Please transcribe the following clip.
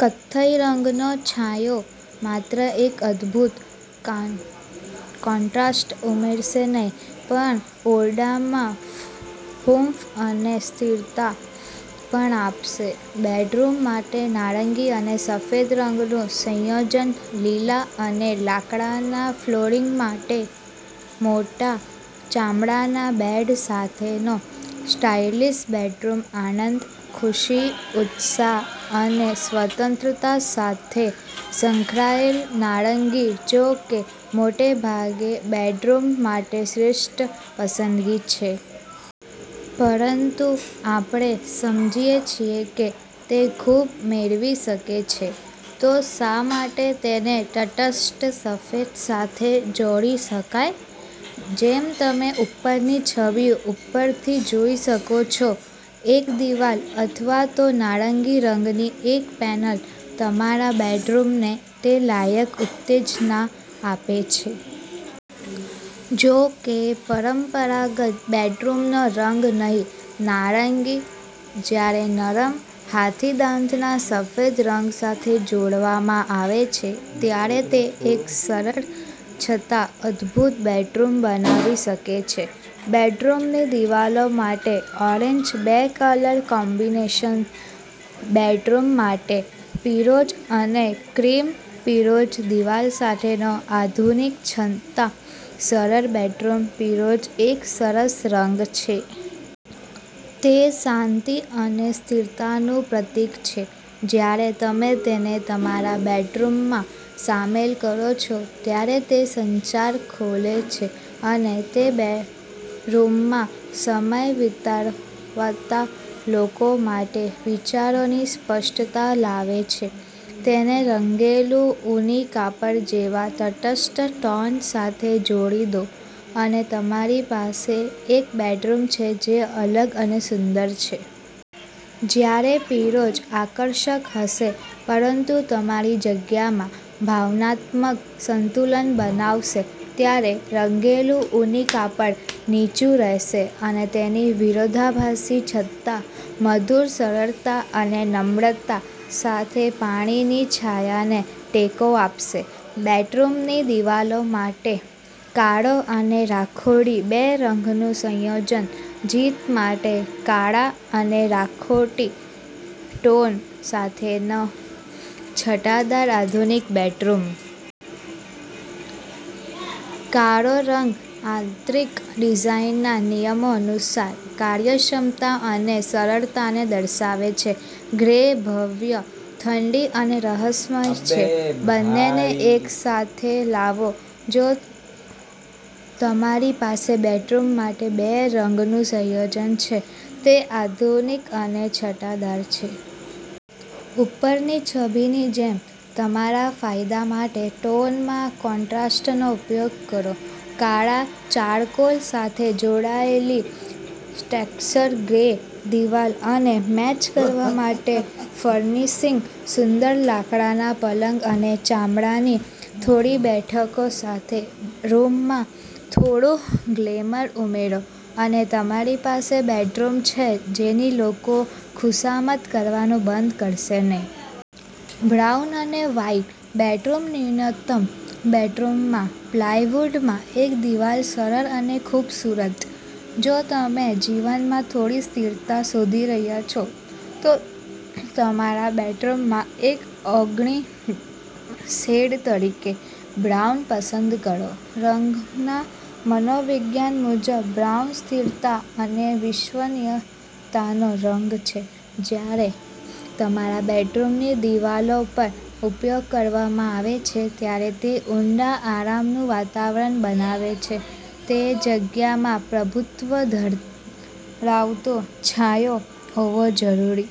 કથ્થઈ રંગનો છાંયો માત્ર એક અદ્ભુત કોન્ટ્રાસ્ટ ઉમેરશે નહીં પણ ઓરડામાં હૂંફ અને સ્થિરતા પણ આપશે. બેડરૂમ માટે નારંગી અને સફેદ રંગનું સંયોજન લીલા અને લાકડાના ફ્લોરિંગમાં મોટા ચામડાના બેડ સાથેનો સ્ટાઇલિશ બેડરૂમ આનંદ, ખુશી, ઉત્સાહ અને સ્વતંત્રતા સાથે સંકળાયેલ નારંગી, જો કે મોટેભાગે, બેડરૂમ માટે શ્રેષ્ઠ પસંદગી છે. પરંતુ આપણે સમજીએ છીએ કે તે ખૂબ મેળવી શકે છે, તો શા માટે તેને તટસ્થ સફેદ સાથે જોડી શકાય? જેમ તમે ઉપરની છબી પરથી જોઈ શકો છો, એક દીવાલ અથવા તો નારંગી રંગની એક પેનલ તમારા બેડરૂમને તે લાયક ઉત્તેજના આપે છે. જો કે, પરંપરાગત બેડરૂમનો રંગ નહીં, નારંગી, જ્યારે નરમ, હાથીદાંતના સફેદ રંગ સાથે જોડવામાં આવે છે, ત્યારે તે એક સરળ છતાં અદભૂત બેડરૂમ બનાવી શકે છે. બેડરૂમની દિવાલો માટે ઓરેન્જ બે કલર કોમ્બિનેશન બેડરૂમ માટે પીરોજ અને ક્રીમ પીરોજ દિવાલ સાથેનો આધુનિક છતાં સરળ બેડરૂમ પીરોજ એક સરસ રંગ છે. તે શાંતિ અને સ્થિરતાનું પ્રતીક છે. જ્યારે તમે તેને તમારા બેડરૂમમાં સામેલ કરો છો, ત્યારે તે સંચાર ખોલે છે અને તે રૂમમાં સમય વિતાવતા લોકો માટે વિચારોની સ્પષ્ટતા લાવે છે. તેને રંગેલું ઊની કાપડ જેવા તટસ્થ ટોન સાથે જોડી દો, અને તમારી પાસે એક બેડરૂમ છે જે અલગ અને સુંદર છે. જ્યારે પીરોજ આકર્ષક હશે પરંતુ તમારી જગ્યામાં ભાવનાત્મક સંતુલન બનાવશે, ત્યારે રંગેલું ઊની કાપડ નીચું રહેશે અને તેની વિરોધાભાસી છતાં મધુર સરળતા અને નમ્રતા સાથે પાણીની છાયાને ટેકો આપશે. બેડરૂમની દિવાલો માટે કાળો અને રાખોડી બે રંગનું સંયોજન જીત માટે કાળા અને રાખોડી ટોન સાથેનો છટાદાર આધુનિક બેડરૂમ! કાળો રંગ આંતરિક ડિઝાઇનના નિયમો અનુસાર કાર્યક્ષમતા અને સરળતાને દર્શાવે છે. ગ્રે ભવ્ય, ઠંડી અને રહસ્યમય છે. બંનેને એકસાથે લાવો, અને તમારી પાસે બેડરૂમ માટે બે રંગનું સંયોજન છે, તે અત્યાધુનિક અને છટાદાર છે. ઉપરની છબીની જેમ તમારા ફાયદા માટે ટોનમાં કોન્ટ્રાસ્ટનો ઉપયોગ કરો. કાળા ચારકોલ સાથે જોડાયેલી ટેક્ષ્ચર ગ્રે દિવાલ અને મેચ કરવા માટે ફર્નિશિંગ. સુંદર લાકડાના પલંગ અને ચામડાની થોડી બેઠકો સાથે રૂમમાં થોડું ગ્લેમર ઉમેરો, અને તમારી પાસે બેડરૂમ છે, જેની લોકો ખુશામત કરવાનું બંધ કરશે નહીં. બ્રાઉન અને વ્હાઇટ બેડરૂમ ન્યૂનતમ બેડરૂમમાં પ્લાયવુડમાં એક દિવાલ સરળ અને ખૂબસૂરત. જો તમે જીવનમાં થોડી સ્થિરતા શોધી રહ્યા છો, તો તમારા બેડરૂમમાં એક અગ્રણી શેડ તરીકે બ્રાઉન પસંદ કરો. રંગના મનોવિજ્ઞાન મુજબ, બ્રાઉન સ્થિરતા અને વિશ્વસનીયતાનો રંગ છે, અને જ્યારે તમારા બેડરૂમની દિવાલો પર ઉપયોગ કરવામાં આવે છે, ત્યારે તે ઊંડા આરામનું વાતાવરણ બનાવે છે. તે જગ્યામાં પ્રભુત્વ ધરાવતો છાંયો હોવો જરૂરી